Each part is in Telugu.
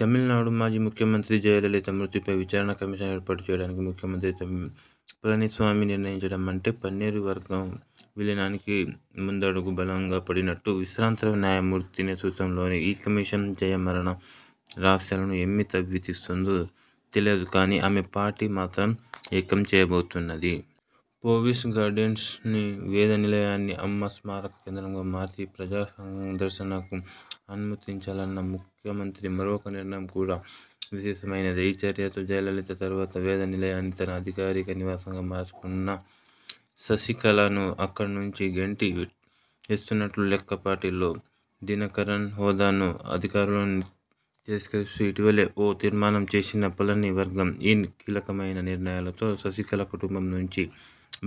తమిళనాడు మాజీ ముఖ్యమంత్రి జయలలిత మృతిపై విచారణ కమిషన్ ఏర్పాటు చేయడానికి ముఖ్యమంత్రి తమిళ పళనిస్వామి నిర్ణయించడమంటే, పన్నీరు వర్గం విలీనానికి ముందడుగు బలంగా పడినట్టు. విశ్రాంత న్యాయమూర్తి నేతృత్వంలోని ఈ కమిషన్, జయ మరణ రహస్యాలను ఏమి తవ్వి తీస్తుందో తెలియదు కానీ, ఆమె పార్టీ మాత్రం ఏకం చేయబోతున్నది. పోయిస్ గార్డెన్స్ని వేద నిలయాన్ని అమ్మ స్మారక కేంద్రంగా మార్చి ప్రజా సందర్శనకు అనుమతించాలన్న ముఖ్యమంత్రి మరొక నిర్ణయం కూడా విశేషమైనదే. ఈ చర్యతో జయలలిత తరువాత వేద నిలయాన్ని తన అధికారిక నివాసంగా మార్చుకున్న శశికళను అక్కడ నుంచి గెంటి వేస్తున్నట్టు లెక్క. పార్టీలో దినకరన్ హోదానూ, అధికారాలను తిరస్కరిస్తూ ఇటీవలే ఓ తీర్మానం చేసిన పళని వర్గం, ఈ కీలకమైన నిర్ణయాలతో శశికళ కుటుంబం నుంచి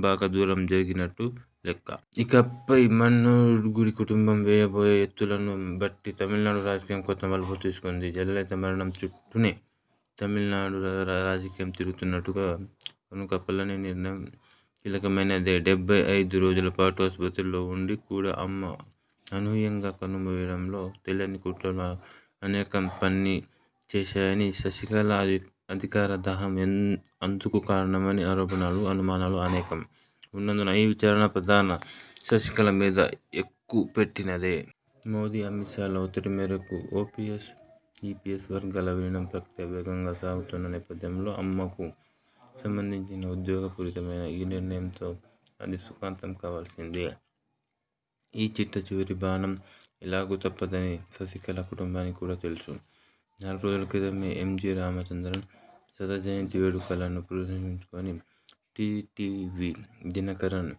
బాగా దూరం జరిగినట్టు లెక్క. ఇకపై మన్నార్గుడి కుటుంబం వేయబోయే ఎత్తులను బట్టి తమిళనాడు రాజకీయం కొత్త మలుపులు తీసుకుంది. జయలలిత మరణం చుట్టూనే తమిళనాడు రాజకీయం తిరుగుతున్నట్టుగా కనుక పళని నిర్ణయం కీలకమైనదే. డెబ్బై ఐదు రోజుల పాటు ఆసుపత్రిలో ఉండి కూడా, అమ్మ అనూహ్యంగా కన్నుమూయడంలో తెలియని కుట్రలు అనేకం పనిచేశాయని, శశికళ అధి అధికారదాహం అందు అందుకు కారణమని ఆరోపణలు, అనుమానాలు అనేకం ఉన్నందున ఈ విచారణ ప్రధాన శశికళ మీద ఎక్కుపెట్టినదే. మోదీ అమిత్షా ల ఒత్తిడి మేరకు ఓపీఎస్, ఈపీఎస్ వర్గాల విలీనం ప్రక్రియ వేగంగా సాగుతున్న నేపథ్యంలో, అమ్మకు సంబంధించిన ఉద్వేగపూరితమైన ఈ నిర్ణయంతో అది సుఖాంతం కావాల్సిందే. ఈ చిట్టచివరి బాణం ఎలాగూ తప్పదని శశికళ కుటుంబానికి కూడా తెలుసు. నాలుగురోజుల క్రితమే ఎంజీ రామచంద్రన్ శతజయంతి వేడుకలను పురస్కరించుకొని టీటీవీ దినకరన్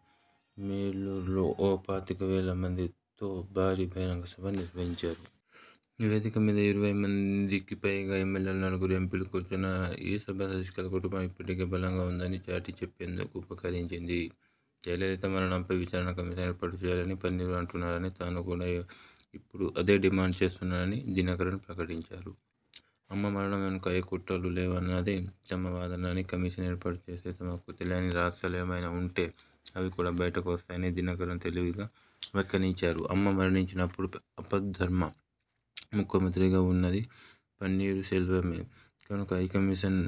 మేలూర్లో ఓ పాతికవేల మందితో భారీ బహిరంగ సభ నిర్వహించారు. వేదిక మీద ఇరవై మందికి పైగా ఎమ్మెల్యేలు, నలుగురు ఎంపీలు కూర్చున్న ఈ సభ శశికళ కుటుంబం ఇప్పటికీ బలంగా ఉన్నదని చాటి చెప్పేందుకు ఉపకరించింది. జయలలిత మరణంపై విచారణ కమిషన్ ఏర్పాటుచేయాలని పన్నీరు అంటున్నారనీ, తాను కూడా ఇప్పుడు అదే డిమాండ్ చేస్తున్నానని దినకరన్ ప్రకటించారు. అమ్మ మరణం వెనుక ఏ కుట్రలూ లేవన్నదే తమ వాదననీ, కమిషన్ ఏర్పాటు చేస్తే తమకు తెలియని రహస్యాలు ఏమైనా ఉంటే అవి కూడా బయటకు వస్తాయని దినకరన్ తెలివిగా వ్యాఖ్యానించారు. అమ్మ మరణించినప్పుడు ఆపద్ధర్మ ముఖ్యమంత్రిగా ఉన్నది పన్నీరు సెల్వమే కనుక, ఈ కమిషన్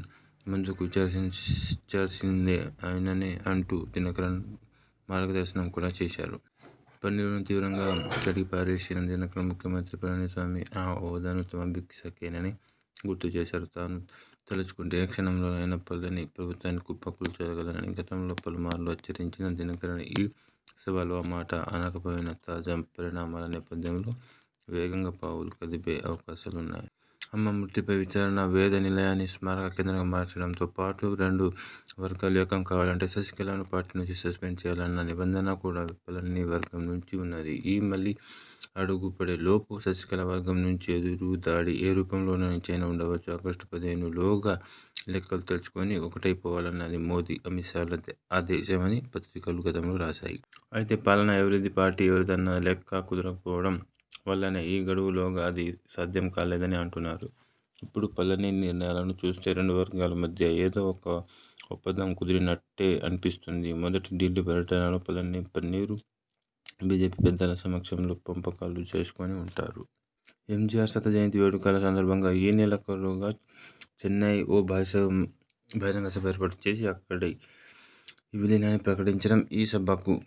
ముందుగా విచారించాల్సింది ఆయననే అంటూ దినకరన్ మార్గదర్శనం కూడా చేశారు. పన్నీరును తీవ్రంగా కడిగిపారేసిన దినకరన్ ముఖ్యమంత్రి పళనిస్వామి ఆ హోదా తమ బిక్షేనని గుర్తుచేశారు. తాను తలచుకుంటే ఏ క్షణంలోనైనా పళని ప్రభుత్వాన్ని కుప్ప కూల్చగలనని గతంలో పలుమార్లు హెచ్చరించిన దినకరన్, ఈ సభలో ఆ మాట అనకపోయినా, తాజా పరిణామాల నేపథ్యంలో వేగంగా పావులు కదిపే అవకాశాలున్నాయి. అమ్మ మృతిపై విచారణ, వేద నిలయాన్ని స్మారక కేంద్రంగా మార్చడంతో పాటు, రెండు వర్గాలు ఏకం కావాలంటే శశికళను పార్టీనుంచి సస్పెండ్ చేయాలన్న నిబంధన కూడా పళనివర్గం నుంచి ఉన్నది. ఈ మలి అడుగుపడేలోపు శశికళ వర్గం నుంచి ఎదురుదాడి ఏ రూపంలోనుంచైనా ఉండవచ్చు. ఆగస్టు పదిహేనులోగా లెక్కలు తేల్చుకొని, ఒక్కటైపోవాలన్నది మోదీ, అమిత్షాల ఆదేశమని పత్రికలు గతంలో రాశాయి. అయితే, పాలన ఎవరిది, పార్టీ ఎవరిదన్న లెక్క కుదరకపోవడం వల్లనే ఈ గడువులోగా అది సాధ్యం కాలేదని అంటున్నారు. ఇప్పుడు పళని నిర్ణయాలను చూస్తే రెండువర్గాల మధ్య ఏదో ఒక ఒప్పందం కుదిరినట్టే అనిపిస్తున్నది. మొన్నటి ఢిల్లీ పర్యటనలో పళని, పన్నీరు బీజేపీ పెద్దల సమక్షంలో పంపకాలు చేసుకొని ఉంటారు. ఎంజీఆర్ శతజయంతి వేడుకల సందర్భంగా ఈ నెలాఖరులోగా చెన్నయ్ ఓ భారీ బహిరంగ సభ ఏర్పాటు చేసి, అక్కడ ఈ విలీనాన్ని ప్రకటించడం, ఈ సభకు